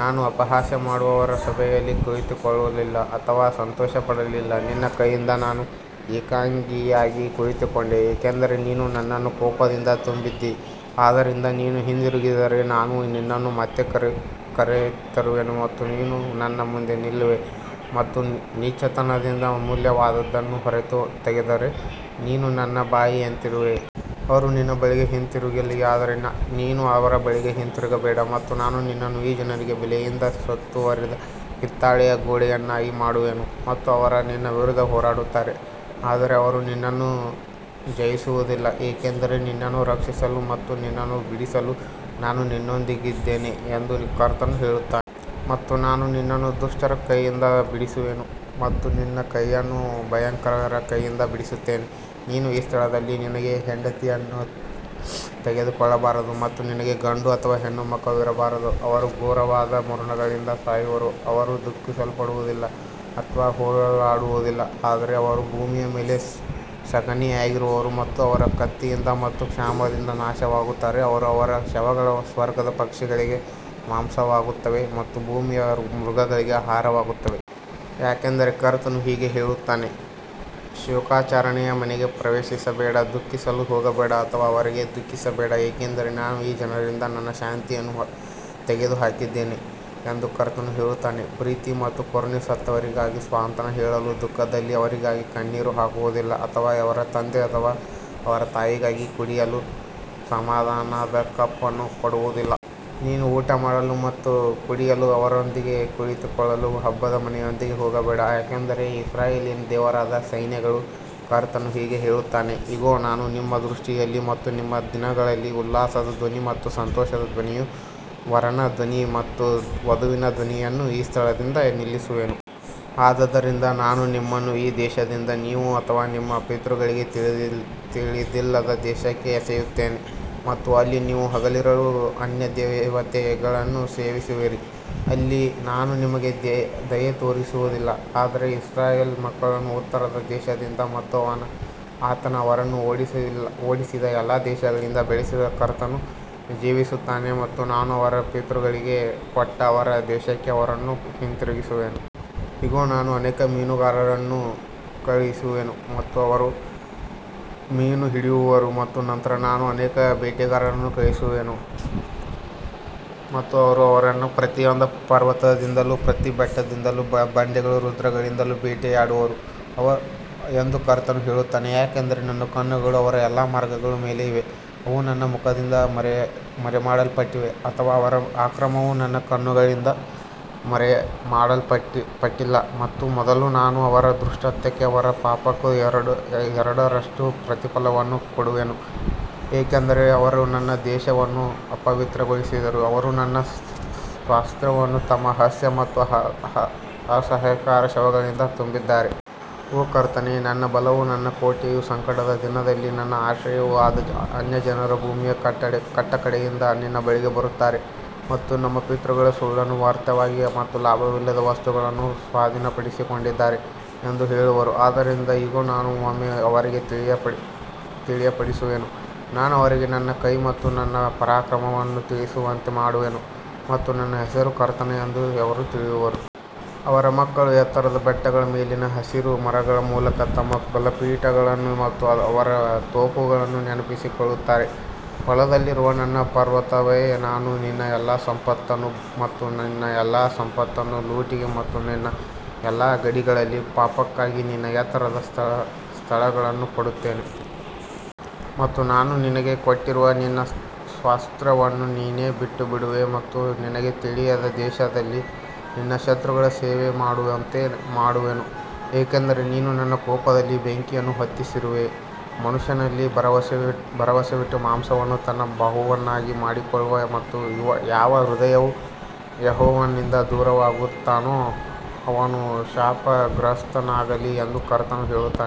ನಾನು ಅಪಹಾಸ್ಯ ಮಾಡುವವರ ಸಭೆಯಲ್ಲಿ ಕುಳಿತುಕೊಳ್ಳಲಿಲ್ಲ ಅಥವಾ ಸಂತೋಷಪಡಲಿಲ್ಲ ನಿನ್ನ ಕೈಯಿಂದ ನಾನು ಏಕಾಂಗಿಯಾಗಿ ಕುಳಿತುಕೊಂಡೆ ಏಕೆಂದರೆ ನೀನು ನನ್ನನ್ನು ಕೋಪದಿಂದ ತುಂಬಿದ್ದೀ. ಆದದರಿಂದ ನೀನು ಹಿಂದಿರುಗಿದರೆ ನಾನು ನಿನ್ನನ್ನು ಮತ್ತೆ ಕರೆತರುವೆನು ಮತ್ತು ನೀನು ನನ್ನ ಮುಂದೆ ನಿಲ್ಲುವೆ ಮತ್ತು ನೀಚತನದಿಂದ ಅಮೂಲ್ಯವಾದದ್ದನ್ನು ಹೊರತೆಗೆದರೆ ನೀನು ನನ್ನ ಬಾಯಿಯಂತಿರುವೆ. ಅವರು ನಿನ್ನ ಬಳಿಗೆ ಹಿಂತಿರುಗಲಿ ಆದರೆ ನೀನು ಅವರ ಬಳಿಗೆ ಹಿಂತಿರುಗಬೇಡ. ಮತ್ತು ನಾನು ನಿನ್ನನ್ನು ಈ ಜನರಿಗೆ ಬೇಲಿಯಿಂದ ಸುತ್ತುವರಿದ ಹಿತ್ತಾಳೆಯ ಗೋಡೆಯನ್ನಾಗಿ ಮಾಡುವೆನು ಮತ್ತು ಅವರು ನಿನ್ನ ವಿರುದ್ಧ ಹೋರಾಡುತ್ತಾರೆ ಆದರೆ ಅವರು ನಿನ್ನನ್ನು ಜಯಿಸುವುದಿಲ್ಲ ಏಕೆಂದರೆ ನಿನ್ನನ್ನು ರಕ್ಷಿಸಲು ಮತ್ತು ನಿನ್ನನ್ನು ಬಿಡಿಸಲು ನಾನು ನಿನ್ನೊಂದಿಗಿದ್ದೇನೆ ಎಂದು ಕರ್ತನು ಹೇಳುತ್ತಾನೆ. ಮತ್ತು ನಾನು ನಿನ್ನನ್ನು ದುಷ್ಟರ ಕೈಯಿಂದ ಬಿಡಿಸುವೆನು ಮತ್ತು ನಾನು ನಿನ್ನನ್ನು ಭಯಂಕರರ ಕೈಯಿಂದ ಬಿಡಿಸುತ್ತೇನೆ. ನೀನು ಈ ಸ್ಥಳದಲ್ಲಿ ನಿನಗೆ ಹೆಂಡತಿಯನ್ನು ತೆಗೆದುಕೊಳ್ಳಬಾರದು ಮತ್ತು ನಿನಗೆ ಗಂಡು ಅಥವಾ ಹೆಣ್ಣು ಮಕ್ಕಳು ಇರಬಾರದು. ಅವರು ಘೋರವಾದ ಮರಣಗಳಿಂದ ಸಾಯುವರು ಅವರು ದುಃಖಿಸಲ್ಪಡುವುದಿಲ್ಲ ಅಥವಾ ಹೂಳಲ್ಪಡುವುದಿಲ್ಲ ಆದರೆ ಅವರು ಭೂಮಿಯ ಮೇಲೆ ಸಗಣಿಯಾಗಿರುವರು ಮತ್ತು ಅವರು ಕತ್ತಿಯಿಂದ ಮತ್ತು ಕ್ಷಾಮದಿಂದ ನಾಶವಾಗುತ್ತಾರೆ ಮತ್ತು ಅವರ ಶವಗಳು ಸ್ವರ್ಗದ ಪಕ್ಷಿಗಳಿಗೆ ಮಾಂಸವಾಗುತ್ತವೆ ಮತ್ತು ಭೂಮಿಯ ಮೃಗಗಳಿಗೆ ಆಹಾರವಾಗುತ್ತವೆ. ಯಾಕಂದರೆ ಕರ್ತನು ಹೀಗೆ ಹೇಳುತ್ತಾನೆ ಶೋಕಾಚರಣೆಯ ಮನೆಗೆ ಪ್ರವೇಶಿಸಬೇಡ ದುಃಖಿಸಲು ಹೋಗಬೇಡ ಅಥವಾ ಅವರಿಗೆ ದುಃಖಿಸಬೇಡ ಏಕೆಂದರೆ ನಾನು ಈ ಜನರಿಂದ ನನ್ನ ಶಾಂತಿಯನ್ನು ತೆಗೆದುಹಾಕಿದ್ದೇನೆ ಎಂದು ಕರ್ತನು ಹೇಳುತ್ತಾನೆ ಪ್ರೀತಿ ಮತ್ತು ಕರುಣೆ ಸತ್ತವರಿಗಾಗಿ ಸಾಂತ್ವನ ಹೇಳಲು ದುಃಖದಲ್ಲಿ ಅವರಿಗಾಗಿ ಕಣ್ಣೀರು ಹಾಕುವುದಿಲ್ಲ ಅಥವಾ ಅವರ ತಂದೆ ಅಥವಾ ಅವರ ತಾಯಿಗಾಗಿ ಕುಡಿಯಲು ಸಮಾಧಾನದ ಕಪ್ ಅನ್ನು ಕೊಡುವುದಿಲ್ಲ. ನೀನು ಊಟಮಾಡಲು ಮತ್ತು ಕುಡಿಯಲು ಅವರೊಂದಿಗೆ ಕುಳಿತುಕೊಳ್ಳಲು ಹಬ್ಬದ ಮನೆಯೊಳಗೆ ಹೋಗಬೇಡ ಯಾಕಂದರೆ ಇಸ್ರಾಯೇಲಿನ ದೇವರಾದ ಸೈನ್ಯಗಳ ಕರ್ತನು ಹೀಗೆ ಹೇಳುತ್ತಾನೆ ಇಗೋ ನಾನು ನಿಮ್ಮ ದೃಷ್ಟಿಯಲ್ಲಿ ಮತ್ತು ನಿಮ್ಮ ದಿನಗಳಲ್ಲಿ ಉಲ್ಲಾಸದ ಧ್ವನಿ ಮತ್ತು ಸಂತೋಷದ ಧ್ವನಿಯು ವರನ ಧ್ವನಿ ಮತ್ತು ವಧುವಿನ ಧ್ವನಿಯನ್ನು ಈ ಸ್ಥಳದಿಂದ ನಿಲ್ಲಿಸುವೆನು. ಆದದರಿಂದ ನಾನು ನಿಮ್ಮನ್ನು ಈ ದೇಶದಿಂದ ನೀವು ಅಥವಾ ನಿಮ್ಮ ಪಿತೃಗಳಿಗೆ ತಿಳಿದಿಲ್ಲದ ದೇಶಕ್ಕೆ ಎಸೆಯುತ್ತೇನೆ ಮತ್ತು ಅಲ್ಲಿ ನೀವು ಹಗಲಿರುಳು ಅನ್ಯದೇವತೆಗಳನ್ನು ಸೇವಿಸುವಿರಿ ಅಲ್ಲಿ ನಾನು ನಿಮಗೆ ದಯೆ ತೋರಿಸುವುದಿಲ್ಲ. ಆದರೆ ಇಸ್ರಾಯೇಲ್ ಮಕ್ಕಳನ್ನು ಉತ್ತರದ ದೇಶದಿಂದ ಮತ್ತು ಆತನು ಅವರನ್ನು ಓಡಿಸಿದ ಎಲ್ಲಾ ದೇಶಗಳಿಂದ ಬೆಳೆಸಿದ ಕರ್ತನು ಜೀವಿಸುತ್ತಾನೆ ಮತ್ತು ನಾನು ಅವರ ಪಿತೃಗಳಿಗೆ ಕೊಟ್ಟ ಅವರ ದೇಶಕ್ಕೆ ಅವರನ್ನು ಹಿಂತಿರುಗಿಸುವೆನು. ಇಗೋ ನಾನು ಅನೇಕ ಮೀನುಗಾರರನ್ನು ಕಳುಹಿಸುವೆನು ಮತ್ತು ಅವರು ಮೀನು ಹಿಡಿಯುವರು ಮತ್ತು ನಂತರ ನಾನು ಅನೇಕ ಬೇಟೆಗಾರರನ್ನು ಕಳುಹಿಸುವೆನು ಮತ್ತು ಅವರು ಅವರನ್ನು ಪ್ರತಿಯೊಂದು ಪರ್ವತದಿಂದಲೂ ಪ್ರತಿ ಬೆಟ್ಟದಿಂದಲೂ ಬಂಡೆಗಳ ರಂಧ್ರಗಳಿಂದಲೂ ಬೇಟೆಯಾಡುವರು ಎಂದು ಕರ್ತನು ಹೇಳುತ್ತಾನೆ. ಯಾಕಂದರೆ ನನ್ನ ಕಣ್ಣುಗಳು ಅವರ ಎಲ್ಲಾ ಮಾರ್ಗಗಳ ಮೇಲೆ ಇವೆ ಅವು ನನ್ನ ಮುಖದಿಂದ ಮರೆಮಾಡಲ್ಪಟ್ಟಿಲ್ಲ ಅಥವಾ ಅವರ ಅಕ್ರಮವು ನನ್ನ ಕಣ್ಣುಗಳಿಂದ ಮರೆಮಾಡಲ್ಪಟ್ಟಿಲ್ಲ ಮತ್ತು ಮೊದಲು ನಾನು ಅವರ ದುಷ್ಕೃತ್ಯಕ್ಕೂ ಅವರ ಪಾಪಕ್ಕೂ ಎರಡರಷ್ಟು ಪ್ರತಿಫಲವನ್ನು ಕೊಡುವೆನು ಏಕೆಂದರೆ ಅವರು ನನ್ನ ದೇಶವನ್ನು ಅಪವಿತ್ರಗೊಳಿಸಿದರು ಅವರು ನನ್ನ ಸ್ವಾಸ್ತ್ಯವನ್ನು ತಮ್ಮ ಅಸಹ್ಯ ಮತ್ತು ಅಸಹ್ಯಕರ ಶವಗಳಿಂದ ತುಂಬಿದ್ದಾರೆ. ಓ ಕರ್ತನೇ ನನ್ನ ಬಲವೂ ನನ್ನ ಕೋಟೆಯೂ ಸಂಕಟದ ದಿನದಲ್ಲಿ ನನ್ನ ಆಶ್ರಯವೂ ಆದ ಅನ್ಯಜನರು ಭೂಮಿಯ ಕಟ್ಟಕಡೆಯಿಂದ ನಿನ್ನ ಬಳಿಗೆ ಬರುತ್ತಾರೆ ಮತ್ತು ನಮ್ಮ ಪಿತೃಗಳು ಸುಳ್ಳನ್ನು ವ್ಯರ್ಥವಾಗಿ ಮತ್ತು ಲಾಭವಿಲ್ಲದ ವಸ್ತುಗಳನ್ನು ಸ್ವಾಧೀನಪಡಿಸಿಕೊಂಡಿದ್ದಾರೆ ಎಂದು ಹೇಳುವರು. ಆದದರಿಂದ ಇಗೋ ನಾನು ಒಮ್ಮೆ ಅವರಿಗೆ ತಿಳಿಯಪಡಿಸುವೆನು ನಾನು ಅವರಿಗೆ ನನ್ನ ಕೈ ಮತ್ತು ನನ್ನ ಪರಾಕ್ರಮವನ್ನು ತಿಳಿಯುವಂತೆ ಮಾಡುವೆನು ಮತ್ತು ನನ್ನ ಹೆಸರು ಕರ್ತನು ಎಂದು ಅವರು ತಿಳಿಯುವರು. ಅವರ ಮಕ್ಕಳು ಎತ್ತರದ ಬೆಟ್ಟಗಳ ಮೇಲಿನ ಹಸಿರು ಮರಗಳ ಮೂಲಕ ತಮ್ಮ ಬಲಿಪೀಠಗಳನ್ನು ಮತ್ತು ಅವರ ತೋಪುಗಳನ್ನು ನೆನಪಿಸಿಕೊಳ್ಳುತ್ತಾರೆ. ಹೊಲದಲ್ಲಿರುವ ನನ್ನ ಪರ್ವತವೇ ನಾನು ನಿನ್ನ ಎಲ್ಲಾ ಸಂಪತ್ತನ್ನು ಮತ್ತು ನಿನ್ನ ಎಲ್ಲಾ ಸಂಪತ್ತನ್ನು ಲೂಟಿಗೆ ಮತ್ತು ನಿನ್ನ ಎಲ್ಲಾ ಗಡಿಗಳಲ್ಲಿ ಪಾಪಕ್ಕಾಗಿ ನಿನ್ನ ಎತ್ತರದ ಸ್ಥಳಗಳನ್ನು ಕೊಡುತ್ತೇನೆ. ಮತ್ತು ನಾನು ನಿನಗೆ ಕೊಟ್ಟಿರುವ ನಿನ್ನ ಸ್ವಾಸ್ತ್ಯವನ್ನು ನೀನೇ ಬಿಟ್ಟುಬಿಡುವೆ ಮತ್ತು ನಿನಗೆ ತಿಳಿಯದ ದೇಶದಲ್ಲಿ ನಿನ್ನ ಶತ್ರುಗಳ ಸೇವೆಮಾಡುವಂತೆ ಮಾಡುವೆನು ಏಕೆಂದರೆ ನೀನು ನನ್ನ ಕೋಪದಲ್ಲಿ ಬೆಂಕಿಯನ್ನು ಹೊತ್ತಿಸಿರುವೆ. ಮನುಷ್ಯನಲ್ಲಿ ಭರವಸವಿಟ್ಟು ಮಾಂಸವನ್ನು ತನ್ನ ಬಾಹುವನ್ನಾಗಿ ಮಾಡಿಕೊಳ್ಳುವ ಮತ್ತು ಯಾವ ಹೃದಯವು ಯೆಹೋವನಿಂದ ದೂರವಾಗುತ್ತಾನೋ ಅವನು ಶಾಪಗ್ರಸ್ತನಾಗಲಿ ಎಂದು ಕರ್ತನು ಹೇಳುತ್ತಾನೆ.